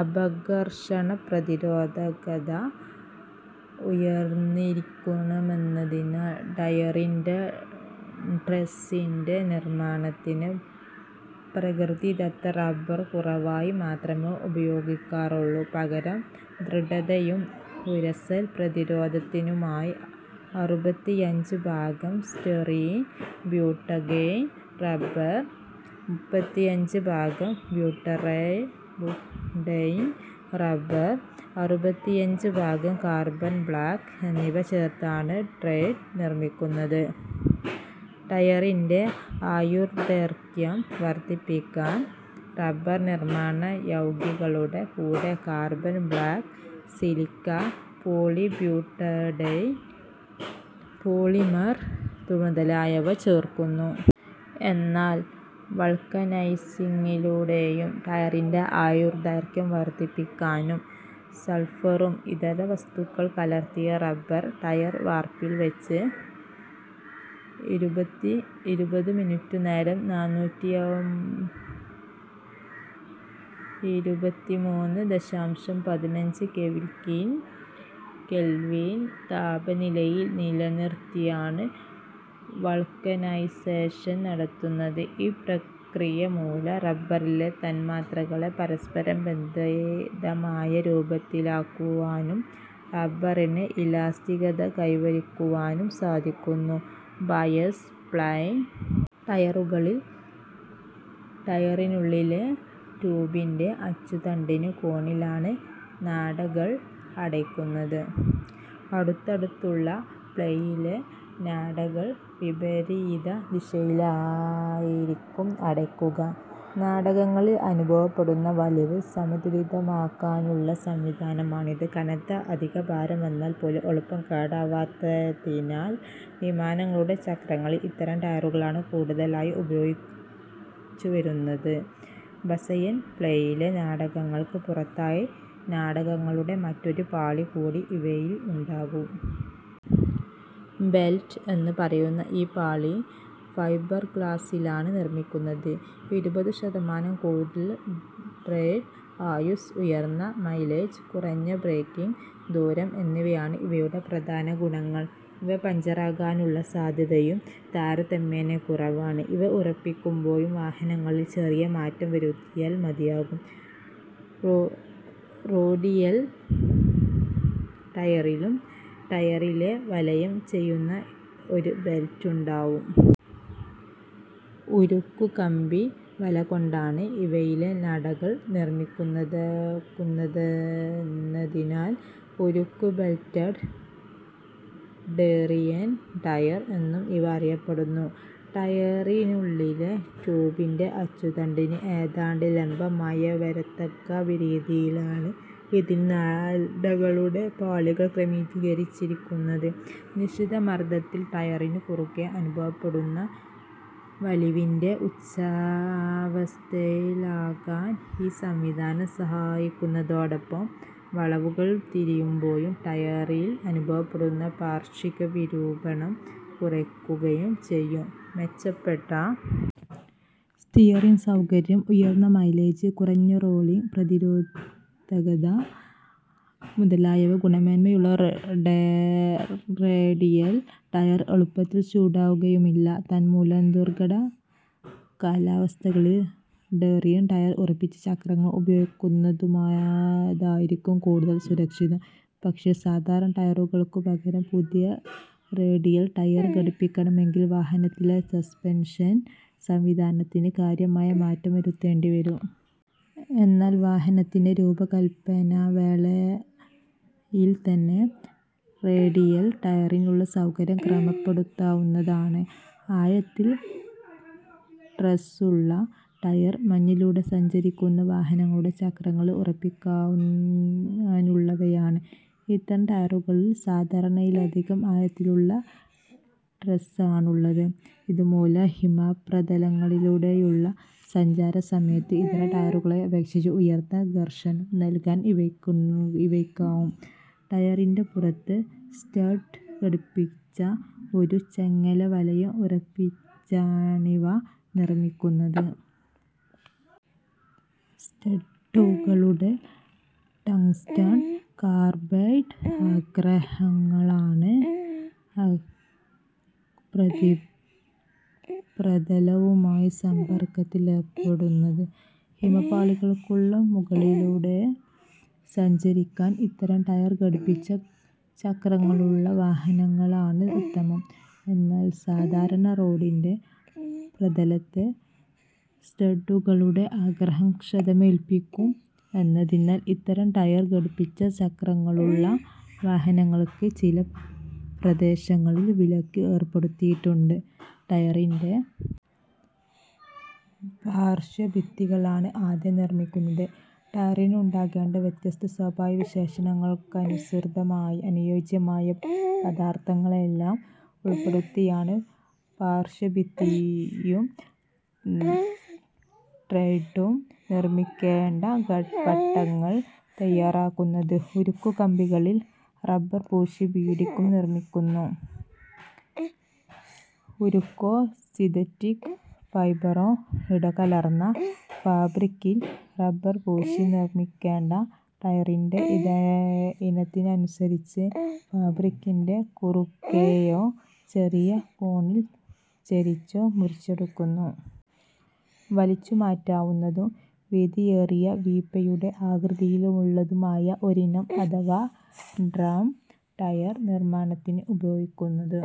അപഘർഷണ പ്രതിരോധകത ഉയർന്നിരിക്കണമെന്നതിനാൽ, ടയറിൻ്റെ ട്രെഡ്ഡിൻ്റെ നിർമ്മാണത്തിന് പ്രകൃതിദത്ത റബർ കുറവായി മാത്രമേ ഉപയോഗിക്കാറുള്ളൂ. പകരം, ദൃഢതയ്ക്കും ഉരസൽ പ്രതിരോധത്തിനുമായി അറുപത്തിയഞ്ച് ഭാഗം സ്റ്റൈറീൻ-ബ്യൂട്ടഡൈൻ റബർ, മുപ്പത്തിയഞ്ച് ഭാഗം ബ്യൂട്ടഡൈൻ റബർ, അറുപത്തിയഞ്ച് ഭാഗം കാർബൺ ബ്ലാക്ക് എന്നിവ ചേർത്താണ് ട്രെഡ് നിർമ്മിക്കുന്നത്. ടയറിൻ്റെ ആയുർദൈർഘ്യം വർധിപ്പിക്കാൻ റബർ നിർമ്മാണയൗഗികങ്ങളുടെ കൂടെ carbon black, silica, polybutadiene polymer മുതലായവ ചേർക്കുന്നു. എന്നാൽ, വൾക്കനൈസിങ്ങിലൂടെയും ടയറിൻ്റെ ആയുർദൈർഘ്യം വർധിപ്പിക്കാനാകും. സൾഫറും ഇതര വസ്തുക്കളും കലർത്തിയ റബർ, ടയർ വാർപ്പിൽ വച്ച് ഇരുപത് മിനിറ്റുനേരം നാനൂറ്റിയിരുപത്തിമൂന്ന് ദശാംശം പതിനഞ്ച് കെൽവിൻ താപനിലയിൽ നിലനിർത്തിയാണ് വൾക്കനൈസേഷൻ നടത്തുന്നത്. ഈ പ്രക്രിയമൂലം റബറിലെ തന്മാത്രകളെ പരസ്പരം ബന്ധിതമായ രൂപത്തിലാക്കുവാനും റബറിന് ഇലാസ്തികത കൈവരിക്കുവാനും സാധിക്കുന്നു. ബയസ്-പ്ലൈ ടയറുകളിൽ, ടയറിനുള്ളിലെ ട്യൂബിൻ്റെ അച്ചുതണ്ടിന് കോണിലാണ് നാടകൾ അടുക്കുന്നത്. അടുത്തടുത്ത പ്ലൈയിലെ നാടകൾ വിപരീത ദിശകളിലായിരിക്കും അടുക്കുക. നാടകളിൽ അനുഭവപ്പെടുന്ന വലിവ് സമതുലിതമാക്കാനുള്ള സംവിധാനമാണിത്. കനത്ത അധികഭാരം വന്നാൽ പോലും എളുപ്പം കേടാവാത്തതിനാൽ, വിമാനങ്ങളുടെ ചക്രങ്ങളിൽ ഇത്തരം ടയറുകളാണ് കൂടുതലായി ഉപയോഗിച്ചുവരുന്നത്. ബയസ്-പ്ലൈയിലെ നാടകൾക്കു പുറത്തായി നാടകളുടെ മറ്റൊരു പാളി കൂടി ഇവയിൽ ഉണ്ടാകും. ബെൽറ്റ് എന്നു പറയുന്ന ഈ പാളി ഫൈബർഗ്ലാസിലാണ് നിർമ്മിക്കുന്നത്. ഇരുപത് ശതമാനം കൂടുതൽ ട്രെഡ്-ആയുസ്സ്, ഉയർന്ന മൈലേജ്, കുറഞ്ഞ ബ്രേക്കിങ് ദൂരം എന്നിവയാണ് ഇവയുടെ പ്രധാന ഗുണങ്ങൾ. ഇവ പഞ്ചറാകാനുള്ള സാധ്യതയും താരതമ്യേന കുറവാണ്. ഇവ ഉറപ്പിക്കുമ്പോൾ വാഹനങ്ങളിൽ ചെറിയ മാറ്റങ്ങൾ വരുത്തിയാൽ മതിയാകും. റേഡിയൽ ടയറിലും ടയറിനെ വലയം ചെയ്യുന്ന ഒരു ബെൽറ്റുണ്ടാവും. ഉരുക്കുകമ്പിവല കൊണ്ടാണ് ഇവയിലെ നാടകൾ നിർമ്മിക്കുന്നതെന്നതിനാൽ, ഉരുക്ക്-ബെൽറ്റഡ് റേഡിയൽ ടയർ എന്നും ഇവ അറിയപ്പെടുന്നു. ടയറിനുള്ളിലെ ട്യൂബിൻ്റെ അച്ചുതണ്ടിന് ഏതാണ്ട് ലംബമായി വരത്തക്ക രീതിയിലാണ് ഇതിൽ നാടകളുടെ പാളികൾ ക്രമീകരിക്കുന്നത്. നിശ്ചിത മർദ്ദത്തിൽ ടയറിനു കുറുകെ അനുഭവപ്പെടുന്ന വലിവിനെ ഉച്ചാവസ്ഥയിലാക്കാൻ ഈ സംവിധാനം സഹായിക്കുന്നതോടൊപ്പം, വളവുകൾ തിരിയുമ്പോൾ ടയറിൽ അനുഭവപ്പെടുന്ന പാർശ്വിക വിരൂപണം കുറയ്ക്കുകയും ചെയ്യും. മെച്ചപ്പെട്ട സ്റ്റിയറിങ് സൗകര്യം, ഉയർന്ന മൈലേജ്, കുറഞ്ഞ റോളിങ് പ്രതിരോധകത മുതലായ ഗുണമേന്മകളുള്ള റേഡിയൽ ടയർ എളുപ്പത്തിൽ ചൂടാകുകയുമില്ല. തന്മൂലം, ദുർഘട കാലാവസ്ഥകളിൽ റേഡിയൽ ടയർ ഉറപ്പിച്ച ചക്രങ്ങൾ ഉപയോഗിക്കുന്നതായിരിക്കും കൂടുതൽ സുരക്ഷിതം. പക്ഷേ, സാധാരണ ടയറുകൾക്കു പകരം പുതിയ റേഡിയൽ ടയർ ഘടിപ്പിക്കണമെങ്കിൽ, വാഹനത്തിലെ സസ്പെൻഷൻ സംവിധാനത്തിന് കാര്യമായ മാറ്റം വരുത്തേണ്ടിവരും. എന്നാൽ, വാഹനത്തിൻ്റെ രൂപകൽപ്പനാവേളയിൽത്തന്നെ റേഡിയൽ ടയറിനുള്ള സൗകര്യം ക്രമപ്പെടുത്താവുന്നതുമാണ്. ആഴത്തിൽ ട്രെഡ്ഡുള്ള ടയർ മഞ്ഞിലൂടെ സഞ്ചരിക്കുന്ന വാഹനങ്ങളുടെ ചക്രങ്ങളിൽ ഉറപ്പിക്കാനുള്ളവയാണ്. ഇത്തരം ടയറുകളിൽ സാധാരണയിലധികം ആഴത്തിലുള്ള ട്രെഡ്ഡാണുള്ളത്. ഇതുമൂലം, ഹിമപ്രതലങ്ങളിലൂടെയുള്ള സഞ്ചാരസമയത്ത് ഇതര ടയറുകളെ അപേക്ഷിച്ച് ഉയർന്ന ഘർഷണം നൽകാൻ ഇവയ്ക്കാവും. ടയറിൻ്റെ പുറത്ത് സ്റ്റഡ്ഡ് ഘടിപ്പിച്ച ഒരു ചങ്ങലവലയം ഉറപ്പിച്ചാണിവ നിർമ്മിക്കുന്നത്. സ്റ്റഡ്ഡുകളുടെ ടങ്സ്റ്റൺ കാർബൈഡ് അഗ്രങ്ങളാണ് പ്രതലവുമായി സമ്പർക്കത്തിൽ ഏർപ്പെടുന്നത്. ഹിമപാളികൾക്കു മുകളിലൂടെ സഞ്ചരിക്കാൻ ഇത്തരം ടയർ ഘടിപ്പിച്ച ചക്രങ്ങളുള്ള വാഹനങ്ങളാണ് ഉത്തമം. എന്നാൽ, സാധാരണ റോഡിൻ്റെ പ്രതലത്തെ സ്റ്റഡ്ഡുകളുടെ അഗ്രങ്ങൾ ക്ഷതമേൽപ്പിക്കും എന്നതിനാൽ, ഇത്തരം ടയർ ഘടിപ്പിച്ച ചക്രങ്ങളുള്ള വാഹനങ്ങൾക്ക് ചില പ്രദേശങ്ങളിൽ വിലക്ക് ഏർപ്പെടുത്തിയിട്ടുണ്ട്. ടയറിൻ്റെ പാർശ്വഭിത്തികളാണ് ആദ്യം നിർമ്മിക്കുന്നത്. ടയറിന് ഉണ്ടാകേണ്ട വ്യത്യസ്ത സ്വഭാവവിശേഷങ്ങൾക്കനുസൃതമായി അനുയോജ്യമായ പദാർഥങ്ങളെല്ലാം ഉൾപ്പെടുത്തിയാണ് പാർശ്വഭിത്തിയും ട്രെഡ്ഡും നിർമ്മിക്കേണ്ട പട്ടകൾ തയ്യാറാക്കുന്നത്. ഉരുക്കുകമ്പികളിൽ റബർ പൂശി ബീഡുകളും നിർമ്മിക്കുന്നു. ഉരുക്കോ സിന്തറ്റിക് ഫൈബറോ ഇടകലർത്തിയ ഫാബ്രിക്കിൽ റബർ പൂശി, നിർമ്മിക്കേണ്ട ടയറിൻ്റെ ഇനത്തിനനുസരിച്ച് ഫാബ്രിക്കിനെ കുറുകെയോ ചെറിയ കോണിൽ ചരിച്ചോ മുറിച്ചെടുക്കുന്നു. വലിച്ചുമാറ്റാവുന്നതും വീതിയേറിയ വീപ്പയുടെ ആകൃതിയിലുള്ളതുമായ ഒരിനം അഥവാ ഡ്രം ടയർ നിർമ്മാണത്തിൽ ഉപയോഗിക്കുന്നത്